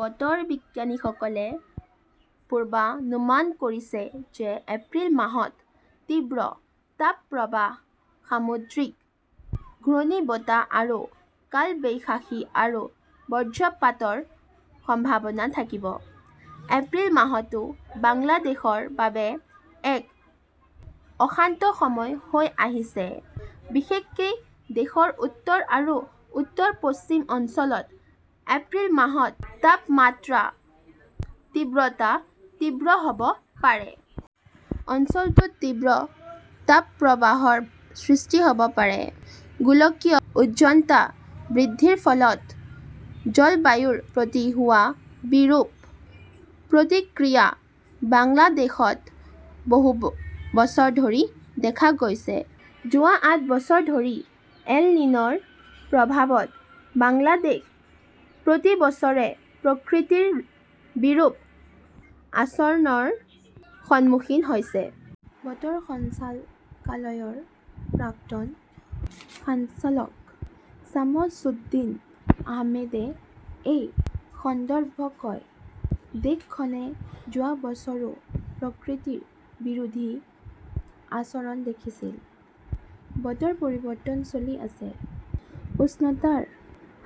বতৰ বিজ্ঞানীসকলে পূৰ্বানুমান কৰিছে যে এপ্ৰিল মাহত তীব্ৰ তাপপ্ৰবাহ, সামুদ্ৰিক ঘূৰ্ণীবতাহ আৰু কালবৈশাখী আৰু বজ্ৰপাতৰ সম্ভাৱনা থাকিব। এপ্ৰিল মাহটো বাংলাদেশৰ বাবে এক অশান্ত সময় হৈ আহিছে। বিশেষকৈ দেশৰ উত্তৰ আৰু উত্তৰ-পশ্চিম অঞ্চলত এপ্ৰিল মাহত তাপমাত্ৰাৰ তীব্ৰতা তীব্ৰ হব পাৰে। অঞ্চলটোত তীব্ৰ তাপপ্ৰবাহৰ সৃষ্টি হব পাৰে। গোলকীয় উষ্ণতা বৃদ্ধিৰ ফলত জলবায়ুৰ প্ৰতি হোৱা বিৰূপ প্ৰতিক্ৰিয়া বাংলাদেশত বহু বছৰ ধৰি দেখা গৈছে। যোৱা আঠ বছৰ ধৰি এল-নিন "ৰ প্ৰভাৱত বাংলাদেশ প্ৰতি বছৰে প্ৰকৃতিৰ বিৰূপ আচৰণৰ সন্মুখীন হৈছে। বতৰ সঞ্চালকালয়ৰ প্ৰাক্তন সঞ্চালক ছামছুদ্দিন আহমেদে এই সন্দৰ্ভত কয় দেশখনে যোৱা বছৰো প্ৰকৃতিৰ বিৰোধী আচৰণ দেখিছিল। বতৰ পৰিৱৰ্তন চলি আছে । উষ্ণতাৰ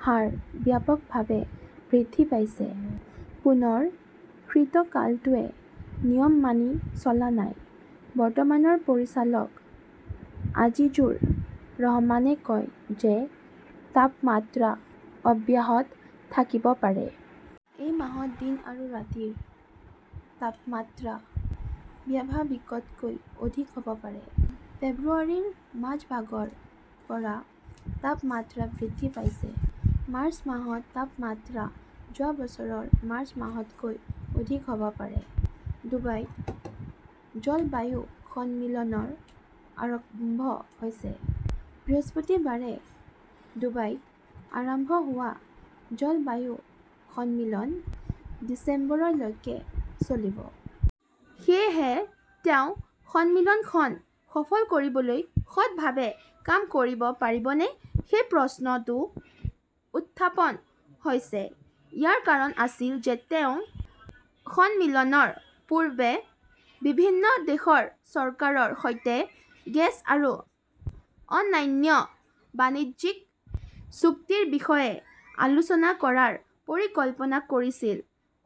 হাৰ ব্যাপকভাৱে বৃদ্ধি পাইছে। পুনৰ শীতকালটোৱে নিয়ম মানি চলা নাই। বৰ্তমানৰ পৰিচালক আজিজুৰ ৰহমানে কয় যে তাপমাত্ৰা অব্যাহত থাকিব পাৰে। এই মাহত দিন আৰু ৰাতিৰ তাপমাত্ৰা স্বাভাৱিকতকৈ অধিক হব পাৰে। ফেব্ৰুৱাৰীৰ মাজভাগৰ পৰা তাপমাত্ৰা বৃদ্ধি পাইছে। মাৰ্চ মাহত তাপমাত্ৰা যোৱা বছৰৰ মাৰ্চ মাহতকৈ অধিক হব পাৰে। ডুবাইত জলবায়ু সন্মিলন আৰম্ভ হৈছে । বৃহস্পতিবাৰে ডুবাইত আৰম্ভ হোৱা জলবায়ু সন্মিলন ডিচেম্বৰলৈকে চলিব। সেয়েহে তেওঁ সন্মিলনখন সফল কৰিবলৈ সৎভাৱে কাম কৰিব পাৰিবনে সেই প্ৰশ্নটো উত্থাপন হৈছে। ইয়াৰ কাৰণ আছিল যে তেওঁ সন্মিলনৰ পূৰ্বে বিভিন্ন দেশৰ চৰকাৰৰ সৈতে গেছ আৰু অন্যান্য বাণিজ্যিক চুক্তিৰ বিষয়ে আলোচনা কৰাৰ পৰিকল্পনা কৰিছিল,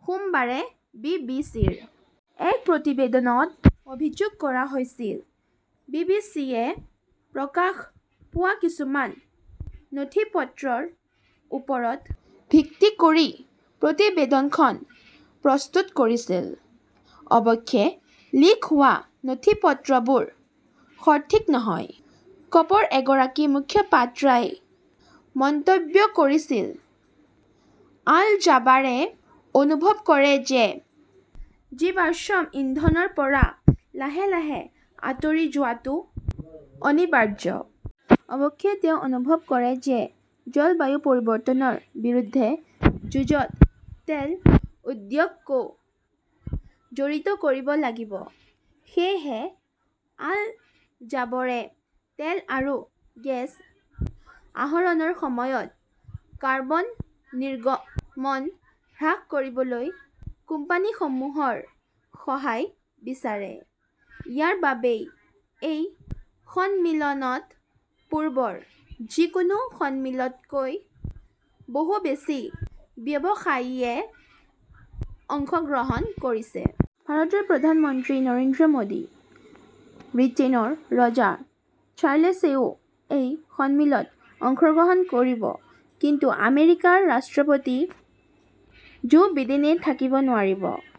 সোমবাৰে বি.বি.চিৰ এক প্ৰতিবেদনত অভিযোগ কৰা হৈছিল। বি.বি.চিয়ে প্ৰকাশ পোৱা কিছুমান নথিপত্ৰৰ ওপৰত ভিত্তি কৰি প্ৰতিবেদনখন প্ৰস্তুত কৰিছিল। অৱশ্যে, লিক হোৱা নথিপত্ৰবোৰ 'সঠিক নহয়, কপৰ এগৰাকী মুখপাত্ৰই মন্তব্য কৰিছিল। আল-জাবাৰে অনুভৱ কৰে যে জীৱাশ্ম ইন্ধনৰ পৰা লাহে লাহে আঁতৰি যোৱাটো 'অনিবাৰ্য'। অৱশ্যে, তেওঁ অনুভৱ কৰে যে জলবায়ু পৰিৱৰ্তনৰ বিৰুদ্ধে যুঁজত তেল উদ্যোগকো জড়িত কৰিব লাগিব। সেয়েহে আল-জাবৰে তেল আৰু গেছ আহৰণৰ সময়ত কাৰ্বন নিৰ্গমন হ্ৰাস কৰিবলৈ কোম্পানীসমূহৰ সহায় বিচাৰে। ইয়াৰ বাবেই এই সন্মিলনত পূৰ্বৰ যিকোনো সন্মিলনতকৈ বহু বেছি ব্যৱসায়ীয়ে অংশগ্ৰহণ কৰিছে। ভাৰতৰ প্ৰধানমন্ত্ৰী নৰেন্দ্ৰ মোদী, ব্ৰিটেইনৰ ৰজা চাৰ্লছেও এই সন্মিলনত অংশগ্ৰহণ কৰিব। কিন্তু আমেৰিকাৰ ৰাষ্ট্ৰপতি জো বিডেনে থাকিব নোৱাৰিব।